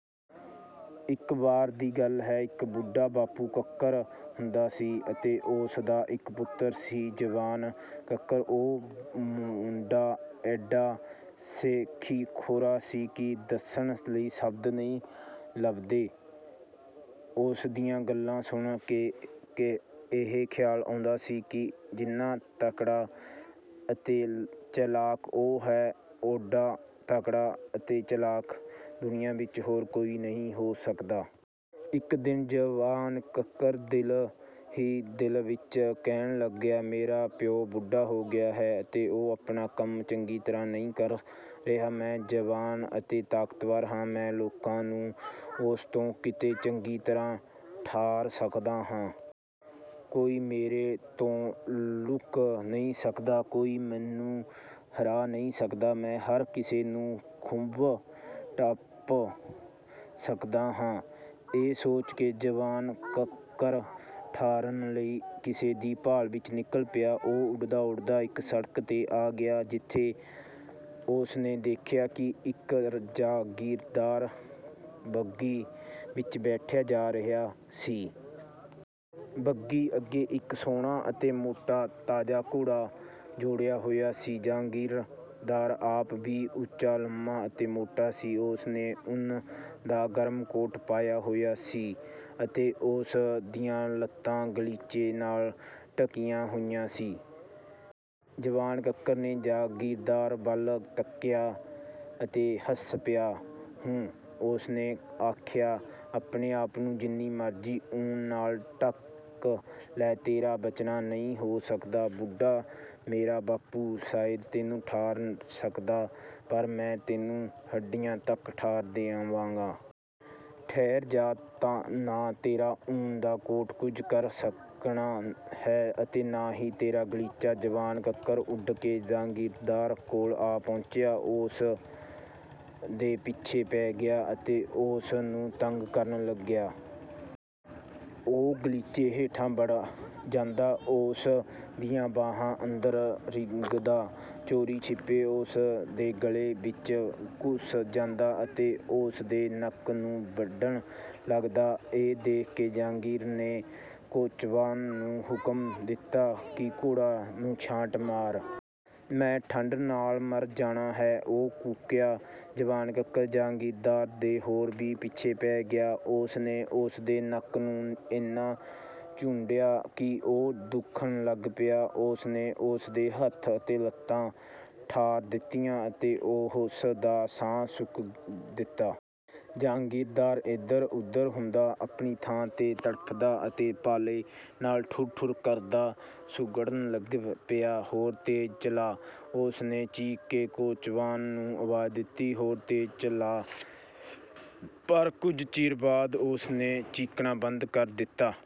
ਇੱਕ ਵਾਰ ਦੀ ਗੱਲ ਹੈ, ਇੱਕ ਬੁੱਢਾ ਬਾਪੂ ਕੱਕਰ ਹੁੰਦਾ ਸੀ ਅਤੇ ਉਸ ਦਾ ਇੱਕ ਪੁੱਤਰ ਸੀ ਜਵਾਨ ਕੱਕਰ। ਉਹ ਮੁੰਡਾ ਐਡਾ ਸ਼ੇਖ਼ੀਖ਼ੋਰਾ ਸੀ ਕਿ ਦੱਸਣ ਲਈ ਸ਼ਬਦ ਨਹੀਂ ਲੱਭਦੇ। ਉਸ ਦੀਆਂ ਗੱਲਾਂ ਸੁਣ ਕੇ ਇਹ ਖ਼ਿਆਲ ਆਉਂਦਾ ਸੀ ਕਿ ਜਿੰਨਾ ਤਕੜਾ ਅਤੇ ਚਲਾਕ ਉਹ ਹੈ, ਉੱਡਾ ਤਕੜਾ ਅਤੇ ਚਲਾਕ ਦੁਨੀਆ ਵਿੱਚ ਹੋਰ ਕੋਈ ਨਹੀਂ ਹੋ ਸਕਦਾ। ਇੱਕ ਦਿਨ ਜਵਾਨ ਕੱਕਰ ਦਿਲ ਹੀ ਦਿਲ ਵਿੱਚ ਕਹਿਣ ਲੱਗਾ, "ਮੇਰਾ ਪਿਓ ਬੁੱਢਾ ਹੋ ਗਿਆ ਹੈ ਅਤੇ ਉਹ ਆਪਣਾ ਕੰਮ ਚੰਗੀ ਤਰ੍ਹਾਂ ਨਹੀਂ ਕਰ ਰਿਹਾ। ਮੈਂ ਜਵਾਨ ਅਤੇ ਤਾਕਤਵਰ ਹਾਂ, ਮੈਂ ਲੋਕਾਂ ਨੂੰ ਉਸ ਤੋਂ ਕਿਤੇ ਚੰਗੀ ਤਰ੍ਹਾਂ ਠਾਰ ਸਕਦਾ ਹਾਂ। ਕੋਈ ਮੇਰੇ ਤੋਂ ਲੁਕ ਨਹੀਂ ਸਕਦਾ, ਕੋਈ ਮੈਨੂੰ ਹਰਾ ਨਹੀਂ ਸਕਦਾ, ਮੈਂ ਹਰ ਕਿਸੇ ਦੀ ਖੁੰਬ ਠੱਪ ਸਕਦਾ ਹਾਂ!" ਇਹ ਸੋਚ ਕੇ ਜਵਾਨ ਕੱਕਰ ਠਾਰਨ ਲਈ ਕਿਸੇ ਦੀ ਭਾਲ ਵਿੱਚ ਨਿਕਲ ਪਿਆ। ਉਹ ਉੱਡਦਾ-ਉੱਡਦਾ ਇੱਕ ਸੜਕ 'ਤੇ ਆ ਗਿਆ, ਜਿੱਥੇ ਉਸ ਨੇ ਦੇਖਿਆ ਕਿ ਇੱਕ ਜਾਗੀਰਦਾਰ ਬੱਘੀ ਵਿੱਚ ਬੈਠਾ ਜਾ ਰਿਹਾ ਸੀ। ਬੱਘੀ ਅੱਗੇ ਇੱਕ ਸੋਹਣਾ ਅਤੇ ਮੋਟਾ-ਤਾਜ਼ਾ ਘੋੜਾ ਜੋੜਿਆ ਹੋਇਆ ਸੀ। ਜਾਗੀਰਦਾਰ ਆਪ ਵੀ ਉੱਚਾ-ਲੰਮਾ ਅਤੇ ਮੋਟਾ ਸੀ। ਉਸ ਨੇ ਊਣ ਦਾ ਗਰਮ ਕੋਟ ਪਾਇਆ ਹੋਇਆ ਸੀ ਅਤੇ ਉਸ ਦੀਆਂ ਲੱਤਾਂ ਗ਼ਲੀਚੇ ਨਾਲ ਢੱਕੀਆਂ ਹੋਈਆਂ ਸਨ। ਜਵਾਨ ਕੱਕਰ ਨੇ ਜਾਗੀਰਦਾਰ ਵੱਲ ਤੱਕਿਆ ਅਤੇ ਹੱਸ ਪਿਆ। "ਹੂੰ!" ਉਸ ਨੇ ਆਖਿਆ, "ਆਪਣੇ ਆਪ ਨੂੰ ਜਿੰਨੀ ਮਰਜ਼ੀ ਊਣ ਨਾਲ ਢੱਕ ਲੈ, ਤੇਰਾ ਬਚਾਅ ਨਹੀਂ ਹੋ ਸਕਦਾ। ਬੁੱਢਾ, ਮੇਰਾ ਬਾਪੂ, ਸ਼ਾਇਦ ਤੈਨੂੰ ਨਾ ਠਾਰ ਸਕਦਾ, ਪਰ ਮੈਂ ਤੈਨੂੰ ਹੱਡੀਆਂ ਤੱਕ ਠਾਰ ਦਿਆਂਗਾ। ਠਹਿਰ ਜਾ, ਨਾ ਤੇਰਾ ਊਣ ਦਾ ਕੋਟ ਕੁਝ ਕਰ ਸਕਣਾ ਹੈ ਅਤੇ ਨਾ ਹੀ ਤੇਰਾ ਗ਼ਲੀਚਾ।" ਜਵਾਨ ਕੱਕਰ ਉੱਡ ਕੇ ਜਾਗੀਰਦਾਰ ਕੋਲ ਆ ਪਹੁੰਚਿਆ। ਉਹ ਉਸ ਦੇ ਪਿੱਛੇ ਪੈ ਗਿਆ ਅਤੇ ਉਸ ਨੂੰ ਤੰਗ ਕਰਨ ਲੱਗਾ। ਉਹ ਗ਼ਲੀਚੇ ਹੇਠ ਵੜ ਜਾਂਦਾ, ਉਸ ਦੀਆਂ ਬਾਹਾਂ ਅੰਦਰ ਰਿੰਗਦਾ, ਚੋਰੀ-ਛਿਪੇ ਉਸ ਦੇ ਗਲਮੇ ਵਿੱਚ ਘੁਸ ਜਾਂਦਾ ਅਤੇ ਉਸ ਦੇ ਨੱਕ ਨੂੰ ਵੱਢਣ ਲੱਗਦਾ। ਇਹ ਦੇਖ ਕੇ ਜਾਗੀਰਦਾਰ ਨੇ ਕੋਚਵਾਨ ਨੂੰ ਹੁਕਮ ਦਿੱਤਾ ਕਿ ਘੋੜੇ ਨੂੰ ਛਾਂਟਾ ਮਾਰੇ। "ਮੈਂ ਠੰਢ ਨਾਲ ਮਰ ਜਾਣਾ ਹੈ!" ਉਹ ਕੂਕਿਆ। ਜਵਾਨ ਕੱਕਰ ਜਾਗੀਰਦਾਰ ਦੇ ਹੋਰ ਵੀ ਪਿੱਛੇ ਪੈ ਗਿਆ। ਉਸ ਨੇ ਉਸ ਦੇ ਨੱਕ ਨੂੰ ਇੰਨਾ ਚੂੰਢਿਆ ਕਿ ਉਹ ਦੁਖਣ ਲੱਗ ਪਿਆ। ਉਸ ਨੇ ਉਸ ਦੇ ਹੱਥ ਅਤੇ ਲੱਤਾਂ ਠਾਰ ਦਿੱਤੀਆਂ ਅਤੇ ਉਸ ਦਾ ਸਾਹ ਸੁਕਾ ਦਿੱਤਾ। ਜਾਗੀਰਦਾਰ ਇੱਧਰ-ਓਧਰ ਹੁੰਦਾ, ਆਪਣੀ ਥਾਂ 'ਤੇ ਤੜਫਦਾ ਅਤੇ ਪਾਲੇ ਨਾਲ ਠਰੂ-ਠਰੂ ਕਰਦਾ ਸੁੰਗੜਨ ਲੱਗ ਪਿਆ। "ਹੋਰ ਤੇਜ਼ ਚਲਾ!" ਉਸ ਨੇ ਚੀਕ ਕੇ ਕੋਚਵਾਨ ਨੂੰ ਆਵਾਜ਼ ਦਿੱਤੀ, "ਹੋਰ ਤੇਜ਼!" ਪਰ ਕੁਝ ਚਿਰ ਬਾਅਦ ਉਸ ਨੇ ਚੀਕਣਾ ਬੰਦ ਕਰ ਦਿੱਤਾ।